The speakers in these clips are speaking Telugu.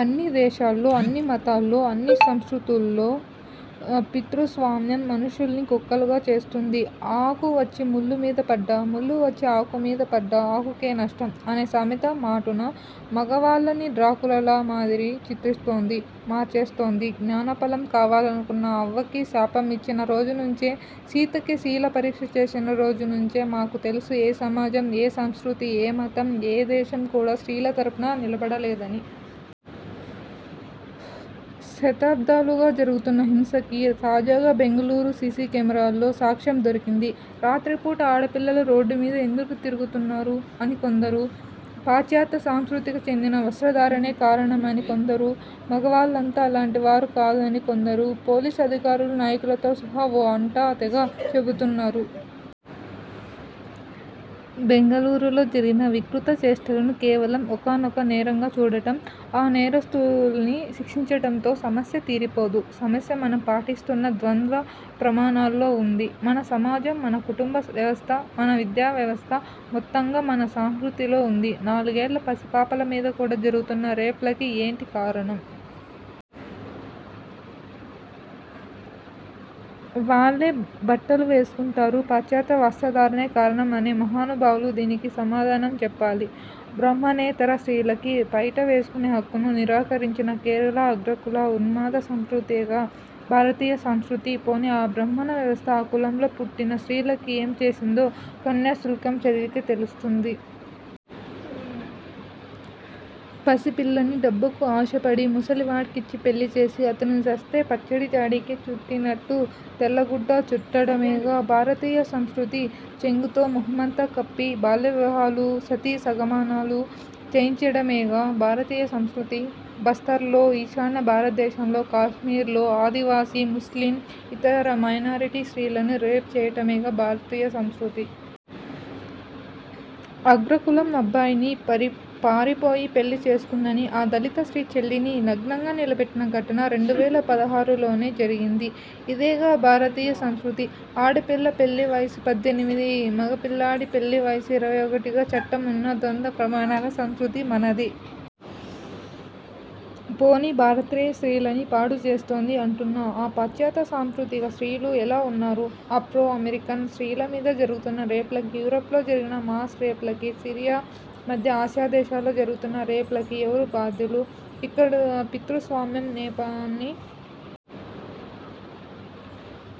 అన్నీ దేశాల్లో, అన్నీ మతాల్లో, అన్నీ సంస్కృతుల్లో పితృస్వామ్యం మనుషుల్ని కుక్కలుగా చేస్తుంది. ఆకు వచ్చి ముల్లు మీద పడ్డా, ముల్లు వచ్చి ఆకు మీద పడ్డా ఆకుకే నష్టం' అనే సామెత మాటున మగవాళ్ళని డ్రాకులాల మాదిరి చిత్రిస్తోంది. మార్చేస్తోంది. 'జ్ఞానఫలం' కావాలనుకున్న అవ్వకి శాపం ఇచ్చిన రోజు నుంచే సీతకి శీల పరీక్ష చేసిన రోజు నుంచే మాకు తెలుసు ఏ సమాజం, ఏ సంస్కృతి, ఏ మతం, ఏ దేశం కూడా స్త్రీల తరపున నిలబడలేదని. శతాబ్దాలుగా జరుగుతున్న హింసకి, తాజాగా బెంగుళూరు సీసీ కెమెరాల్లో సాక్ష్యం దొరికింది. 'రాత్రి పూట ఆడపిల్లలు రోడ్డు మీద ఎందుకు తిరుగుతున్నారు? ' అని కొందరు, 'పాశ్చాత్య సంస్కృతికి చెందిన వస్త్రధారణే కారణం' అని కొందరు, 'మగవాళ్ళంతా అలాంటి వారు కాదు' అని కొందరు.. పోలీసు అధికారులు, నాయకులతో సహా 'ఓ' అంటా తెగ చెబుతున్నారు. బెంగుళూరులో జరిగిన వికృత చేష్టలని కేవలం 'ఒకానొక నేరం'గా చూడటం, ఆ నేరస్థుల్ని శిక్షించటంతో.. సమస్య తీరిపోదు. సమస్య మనం పాటిస్తున్న ద్వంద్వ ప్రమాణాల్లో ఉంది. మన సమాజం, మన కుటుంబ వ్యవస్థ, మన విద్యా వ్యవస్థ.. మొత్తంగా మన 'సంస్కృతి'లో ఉంది. నాలుగేళ్ల పసిపాపల మీద కూడా జరుగుతున్న రేప్లకి ఏంటి కారణం? వాళ్లేం బట్టలు వేసుకుంటారు? పాశ్చాత్య వస్త్ర ధారణే కారణం అనే మహానుభావులు దీనికి సమాధానం చెప్పాలి. బ్రాహ్మణేతర స్త్రీలకి పైట వేసుకునే హక్కును నిరాకరించిన కేరళ అగ్రకుల ఉన్మాద సంస్కృతేగా.. భారతీయ సంస్కృతి. పోనీ ఆ బ్రాహ్మణ వ్యవస్థ ఆ కులంలో పుట్టిన స్త్రీలకి ఏం చేసిందో 'కన్యాశుల్కం' చదివితే, తెలుస్తుంది. పసిపిల్లని డబ్బుకు ఆశపడి, ముసలి వాడికిచ్చి పెళ్లిచేసి, అతను చస్తే.. పచ్చడి జాడికి చుట్టినట్టు తెల్ల గుడ్డ చుట్టటమేగా.. భారతీయ సంస్కృతి. చెంగుతో మొహమంతా కప్పి.. బాల్యవివాహాలు, సతీ సహగమనాలు చేయించటమేగా.. భారతీయ సంస్కృతి. బస్తర్లో, ఈశాన్య భారతదేశంలో, కాశ్మీర్లో.. ఆదివాసీ, ముస్లిం, ఇతర మైనారిటీ స్త్రీలని రేప్ చేయటమేగా భారతీయ సంస్కృతి. అగ్రకులం అబ్బాయిని పరి పారిపోయి పెళ్లి చేసుకుందని, ఆ దళిత స్త్రీ చెల్లిని నగ్నంగా నిలబెట్టిన ఘటన.. రెండు వేల పదహారులోనే జరిగింది. ఇదేగా భారతీయ సంస్కృతి. ఆడపిల్ల పెళ్లి వయసు పద్దెనిమిది, మగపిల్లాడి పెళ్లి వయసు ఇరవై ఒకటిగా చట్టం ఉన్న ద్వంద్వ ప్రమాణాల సంస్కృతి మనది. పోనీ భారతీయ స్త్రీలని పాడు చేస్తోంది అంటున్న.. ఆ పాశ్చాత్య సంస్కృతిలో స్త్రీలు ఎలా ఉన్నారు? ఆఫ్రో- అమెరికన్ స్త్రీల మీద జరుగుతున్న రేప్లకి, యూరప్లో జరిగిన మాస్ రేప్లకి, సిరియా, మధ్య ఆసియా దేశాల్లో జరుగుతున్న రేప్లకి ఎవరు బాధ్యులు? 'ఇక్కడి' పితృస్వామ్యం నెపాన్ని..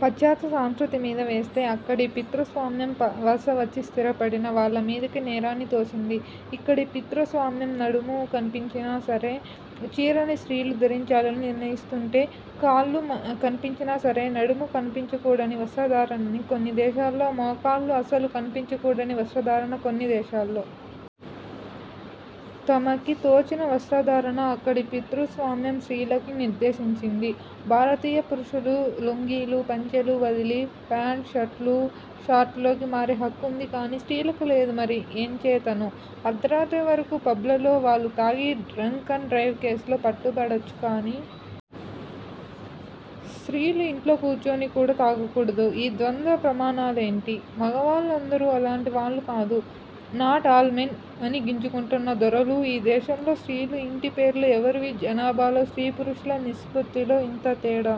పాశ్చాత్య సంస్కృతి మీద వేస్తే, 'అక్కడి' పితృస్వామ్యం వలసవచ్చి స్థిరపడిన వాళ్ళ మీదకి నేరాన్ని తోసింది. ఇక్కడి పితృస్వామ్యం నడుము కనిపించినా సరే, చీరని స్త్రీలు ధరించాలని నిర్ణయిస్తుంటే.. కాళ్ళు కనిపించినా సరే, నడుము కనిపించకూడని వస్త్రధారణని కొన్ని దేశాల్లో, మోకాళ్ళు అసలు కనిపించకూడని వస్త్రధారణ కొన్ని దేశాల్లో.. తమకి తోచిన వస్త్రధారణ అక్కడి పితృస్వామ్యం స్త్రీలకి నిర్దేశించింది. భారతీయ పురుషులు లుంగీలు, పంచెలు వదిలి.. ఫాంట్, షర్ట్లు, షార్ట్స్లోకి మారే హక్కు ఉంది కానీ.. స్త్రీలకి లేదు మరి ఎంచేతనో? అర్ధరాత్రి వరకు పబ్లలో వాళ్ళు తాగి, డ్రంక్ అండ్ డ్రైవ్ కేస్లో పట్టుబడొచ్చు కానీ.. స్త్రీలు ఇంట్లో కూర్చొని కూడా తాగకూడదు. ఈ ద్వంద్వ ప్రమాణాలేంటి? మగవాళ్ళు అందరూ అలాంటి వాళ్ళు కాదు, 'నాట్ అల్ మెన్' అని గింజుకుంటున్న దొరలూ.. ఈ దేశంలో స్త్రీల ఇంటి పేర్లు ఎవరివి? జనాభాలో స్త్రీ పురుషుల నిష్పత్తిలో ఇంత తేడా